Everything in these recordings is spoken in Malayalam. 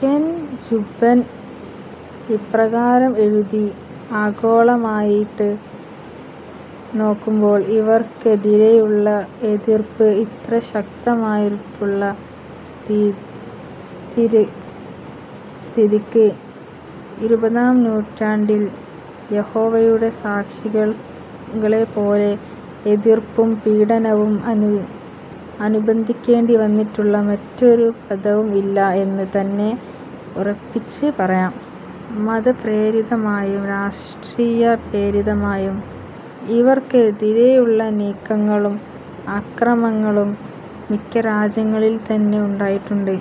കെൻ ജുബ്ബർ ഇപ്രകാരം എഴുതി,"ആഗോളമായിട്ട് നോക്കുമ്പോൾ, ഇവർക്കെതിരെയുള്ള എതിർപ്പ് ഇത്രശക്തമായിട്ടുള്ള സ്ഥിതിക്ക് ഇരുപതാം നൂറ്റാണ്ടിൽ യഹോവയുടെ സാക്ഷികളെപോലെ എതിർപ്പും, പീഡനവും അനുഭവിക്കേണ്ടിവന്നിട്ടുള്ള മറ്റൊരു മതവും ഇല്ല എന്ന് തന്നെ ഉറപ്പിച്ച് പറയാം". മതപ്രേരിതമായും, രാഷ്ട്രീയപ്രേരിതമായും ഇവർക്കെതിരെയുള്ള നീക്കങ്ങളും അക്രമങ്ങളും മിക്ക രാജ്യങ്ങളിലും തന്നെ ഉണ്ടായിട്ടുണ്ട്.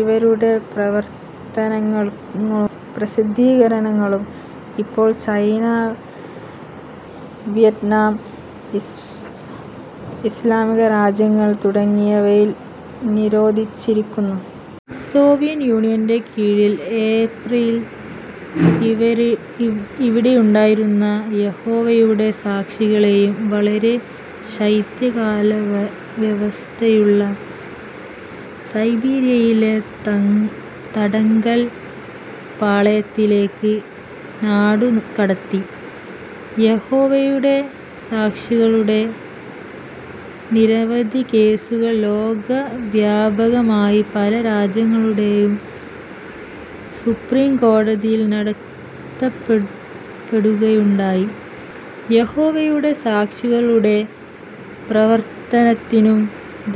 ഇവരുടെ പ്രവർത്തനങ്ങളും, പ്രസിദ്ധീകരണങ്ങളും ഇപ്പോഴും ചൈന, വിയറ്റ്നാം, ഇസ്ലാമിക രാജ്യങ്ങൾ തുടങ്ങിയവയിൽ നിരോധിച്ചിരിക്കുന്നു. സോവിയറ്റ് യൂണിയന്റെ കീഴിൽ ഏപ്രലിൽ അവിടെയുണ്ടായിരുന്ന യഹോവയുടെ സാക്ഷികളെയും വളരെ ശൈത്യകാലാവസ്ഥയുള്ള സൈബീരിയയിലെ തടങ്കൽ പാളയത്തിലേക്ക് നാടുകടത്തി. യഹോവയുടെ സാക്ഷികളുടെ നിരവധി കേസുകൾ ലോകവ്യാപകമായി പല രാജ്യങ്ങളുടെയും സുപ്രീം കോടതിയിൽ നടത്തപ്പെടുകയുണ്ടായി. യഹോവയുടെ സാക്ഷികളുടെ പ്രവർത്തനത്തിനും,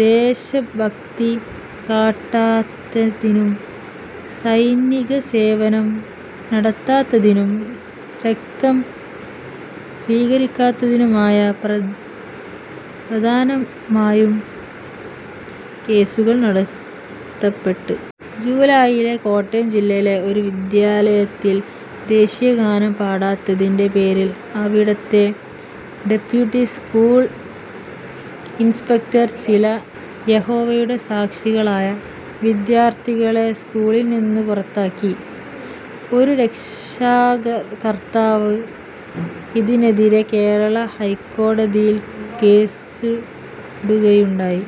ദേശഭക്തി കാട്ടാത്തതിനും, സൈനികസേവനം നടത്താത്തതിനും, രക്തം സ്വീകരിക്കാത്തതിനുമാണ് പ്രധാനമായും കേസുകൾ നടത്തപ്പെട്ടത്. ജുലൈയിൽ കോട്ടയം ജില്ലയിലെ ഒരു വിദ്യാലയത്തിൽ, ദേശീയഗാനം പാടാത്തതിന്റെ പേരിൽ അവിടത്തെ ഡെപ്യൂട്ടി സ്കൂൾ ഇൻസ്പക്റ്റർ ചില യഹോവയുടെ സാക്ഷികളായ വിദ്യാർത്ഥികളെ സ്കൂളിൽ നിന്ന് പുറത്താക്കി. ഒരു രക്ഷാകർത്താവ് ഇതിനെതിരെ കേരള ഹൈഹോടതിയിൽ കേസിടുകയുണ്ടായി.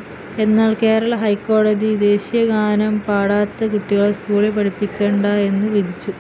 എന്നാൽ കേരള ഹൈക്കോടതി ദേശീയഗാനം പാടാത്ത കുട്ടികളെ സ്കൂളിൽ പഠിപ്പിക്കണ്ട എന്ന് വിധിച്ചു.